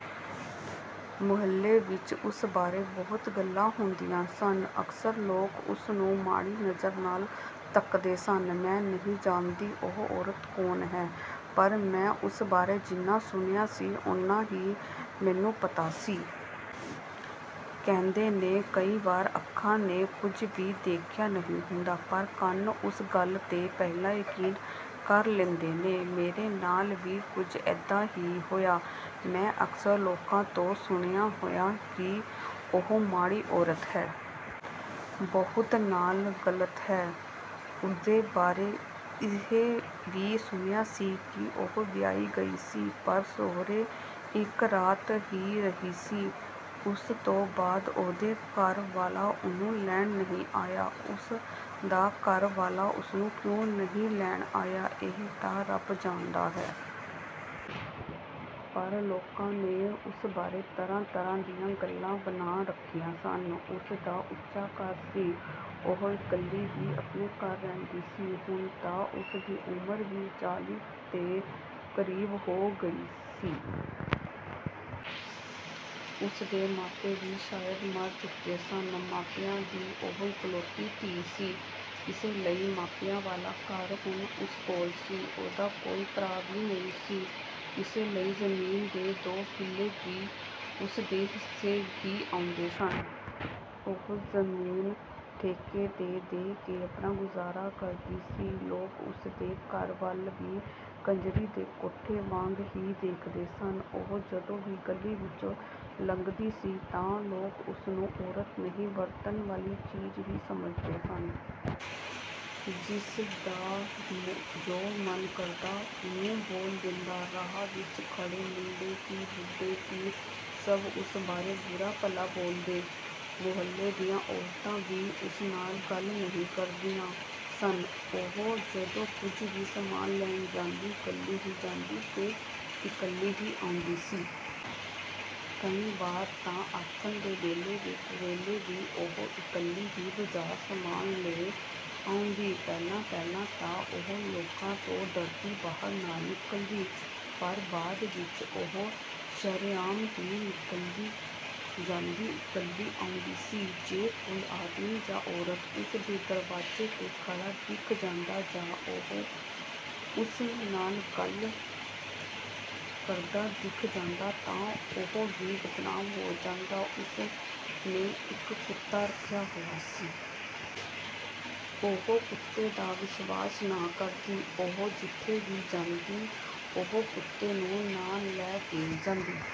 ਮੁਹੱਲੇ ਵਿੱਚ ਉਸ ਬਾਰੇ ਬਹੁਤ ਗੱਲਾਂ ਹੁੰਦੀਆਂ ਸਨ। ਅਕਸਰ ਲੋਕ ਉਸ ਨੂੰ ਮਾੜੀ ਨਜ਼ਰ ਨਾਲ਼ ਤੱਕਦੇ ਸਨ। ਮੈਂ ਨਹੀਂ ਜਾਣਦੀ ਉਹ ਔਰਤ ਕੌਣ ਹੈ ਪਰ ਮੈਂ ਉਸ ਬਾਰੇ ਜਿੰਨਾ ਸੁਣਿਆ ਸੀ ਓਨਾ ਹੀ ਮੈਨੂੰ ਪਤਾ ਸੀ। ਕਹਿੰਦੇ ਨੇ ਕਈ ਵਾਰ ਅੱਖਾਂ ਨੇ ਕੁਝ ਵੀ ਦੇਖਿਆ ਨਹੀਂ ਹੁੰਦਾ ਪਰ ਕੰਨ ਉਸ ਗੱਲ 'ਤੇ ਪਹਿਲਾਂ ਯਕੀਨ ਕਰ ਲੈਂਦੇ ਨੇ। ਮੇਰੇ ਨਾਲ਼ ਵੀ ਕੁਝ ਇਦਾਂ ਹੀ ਹੋਇਆ। ਮੈਂ ਅਕਸਰ ਲੋਕਾਂ ਤੋਂ ਸੁਣਿਆ ਹੋਇਆ ਕਿ ਉਹ ਮਾੜੀ ਔਰਤ ਹੈ। ਬਹੁਤ ਨਾਲ਼ ਗ਼ਲਤ ਹੈ ਉਹਦੇ ਬਾਰੇ ਇਹ ਵੀ ਸੁਣਿਆ ਸੀ ਕਿ ਉਹ ਵਿਆਹੀ ਗਈ ਸੀ ਪਰ ਸਹੁਰੇ ਇੱਕ ਰਾਤ ਹੀ ਰਹੀ ਸੀ। ਉਸ ਤੋਂ ਬਾਅਦ ਉਹਦੇ ਘਰ ਵਾਲਾ ਉਹਨੂੰ ਲੈਣ ਨਹੀਂ ਆਇਆ ਉਸ ਦਾ ਘਰ ਵਾਲਾ ਉਸਨੂੰ ਕਿਉਂ ਨਹੀਂ ਲੈਣ ਆਇਆ ਇਹ ਤਾਂ ਰੱਬ ਜਾਣਦਾ ਹੈ। ਪਰ ਲੋਕਾਂ ਨੇ ਉਸ ਬਾਰੇ ਤਰ੍ਹਾਂ-ਤਰ੍ਹਾਂ ਦੀਆਂ ਗੱਲਾਂ ਬਣਾ ਰੱਖੀਆਂ ਸਨ। ਉਸ ਦਾ ਉੱਚਾ ਘਰ ਸੀ। ਉਹ ਇਕੱਲੀ ਹੀ ਆਪਣੇ ਘਰ ਰਹਿੰਦੀ ਸੀ। ਹੁਣ ਤਾਂ ਉਸ ਦੀ ਉਮਰ ਵੀ ਚਾਲੀ ਦੇ ਕਰੀਬ ਹੋ ਗਈ ਸੀ। ਉਸ ਦੇ ਮਾਪੇ ਵੀ ਸ਼ਾਇਦ ਮਰ ਚੁੱਕੇ ਸਨ। ਮਾਪਿਆਂ ਦੀ ਉਹ ਇੱਕਲੌਤੀ ਧੀ ਸੀ। ਇਸੇ ਲਈ ਮਾਪਿਆਂ ਵਾਲਾ ਘਰ ਹੁਣ ਉਸ ਕੋਲ ਸੀ। ਉਹਦਾ ਕੋਈ ਭਰਾ ਵੀ ਨਹੀਂ ਸੀ। ਇਸੇ ਲਈ ਜ਼ਮੀਨ ਦੇ ਦੋ ਕਿੱਲੇ ਵੀ ਉਸ ਦੇ ਹਿੱਸੇ ਹੀ ਆਉਂਦੇ ਸਨ। ਉਹ ਜ਼ਮੀਨ ਠੇਕੇ 'ਤੇ ਦੇ ਕੇ ਅਪਣਾ ਗੁਜ਼ਾਰਾ ਕਰਦੀ ਸੀ। ਲੋਕ ਉਸ ਦੇ ਘਰ ਵੱਲ ਵੀ ਕੰਜਰੀ ਦੇ ਕੋਠੇ ਵਾਂਗ ਹੀ ਦੇਖਦੇ ਸਨ। ਉਹ ਜਦੋਂ ਵੀ ਗਲ਼ੀ ਵਿੱਚੋਂ ਲੰਘਦੀ ਸੀ ਤਾਂ ਲੋਕ ਉਸ ਨੂੰ ਔਰਤ ਨਹੀਂ ਵਰਤਣ ਵਾਲੀ ਚੀਜ਼ ਹੀ ਸਮਝਦੇ ਸਨ। ਜਿਸ ਦਾ ਜੋ ਮਨ ਕਰਦਾ ਉਹਨੂੰ ਬੋਲ ਦਿੰਦਾ। ਰਾਹਾਂ ਵਿੱਚ ਖੜੇ ਮੁੰਡੇ ਕੀ ਬੁੱਢੇ ਕੀ ਸਭ ਉਸ ਬਾਰੇ ਬੁਰਾ-ਭਲਾ ਬੋਲਦੇ। ਮੁਹੱਲੇ ਦੀਆਂ ਔਰਤਾਂ ਵੀ ਉਸ ਨਾਲ਼ ਗੱਲ ਨਹੀਂ ਕਰਦੀਆਂ ਸਨ। ਉਹ ਜਦੋਂ ਕੁਝ ਵੀ ਸਮਾਨ ਲੈਣ ਜਾਂਦੀ, ਇੱਕਲੀ ਹੀ ਜਾਂਦੀ ਤੇ ਇੱਕਲੀ ਹੀ ਆਉਂਦੀ ਸੀ। ਕਈ ਵਾਰ ਤਾਂ ਆਥਣ ਦੇ ਵੇਲੇ ਵੀ ਕੁਵੇਲੇ ਵੀ ਉਹ ਇੱਕਲੀ ਹੀ ਬਾਜ਼ਾਰੋਂ ਸਮਾਨ ਲੈ ਆਉਂਦੀ। ਪਹਿਲਾਂ-ਪਹਿਲਾਂ ਤਾਂ ਉਹ ਲੋਕਾਂ ਤੋਂ ਡਰਦੀ ਬਾਹਰ ਨਾ ਨਿਕਲਦੀ। ਪਰ ਬਾਅਦ ਵਿੱਚ ਉਹ ਸ਼ਰੇਆਮ ਹੀ ਇੱਕਲੀ ਜਾਂਦੀ ਇੱਕਲੀ ਆਉਂਦੀ ਸੀ… ਜੇ ਕੋਈ ਆਦਮੀ ਜਾਂ ਔਰਤ ਉਸ ਦੇ ਦਰਵਾਜ਼ੇ 'ਤੇ ਖੜਾ ਦਿਖ ਜਾਂਦਾ ਜਾਂ ਉਸ ਨਾਲ਼ ਗੱਲ ਕਰਦਾ ਦਿੱਖ ਜਾਂਦਾ ਤਾਂ ਉਹ ਵੀ ਬਦਨਾਮ ਹੋ ਜਾਂਦਾ… ਉਸ ਨੇ ਇੱਕ ਕੁੱਤਾ ਰੱਖਿਆ ਹੋਇਆ ਸੀ। ਉਹ ਕੁੱਤੇ ਦਾ ਵਿਸ਼ਵਾਸ ਨਾ ਕਰਦੀ। ਉਹ ਜਿੱਥੇ ਵੀ ਜਾਂਦੀ ਉਹ ਕੁੱਤੇ ਨੂੰ ਨਾਲ਼ ਲੈ ਕੇ ਜਾਂਦੀ।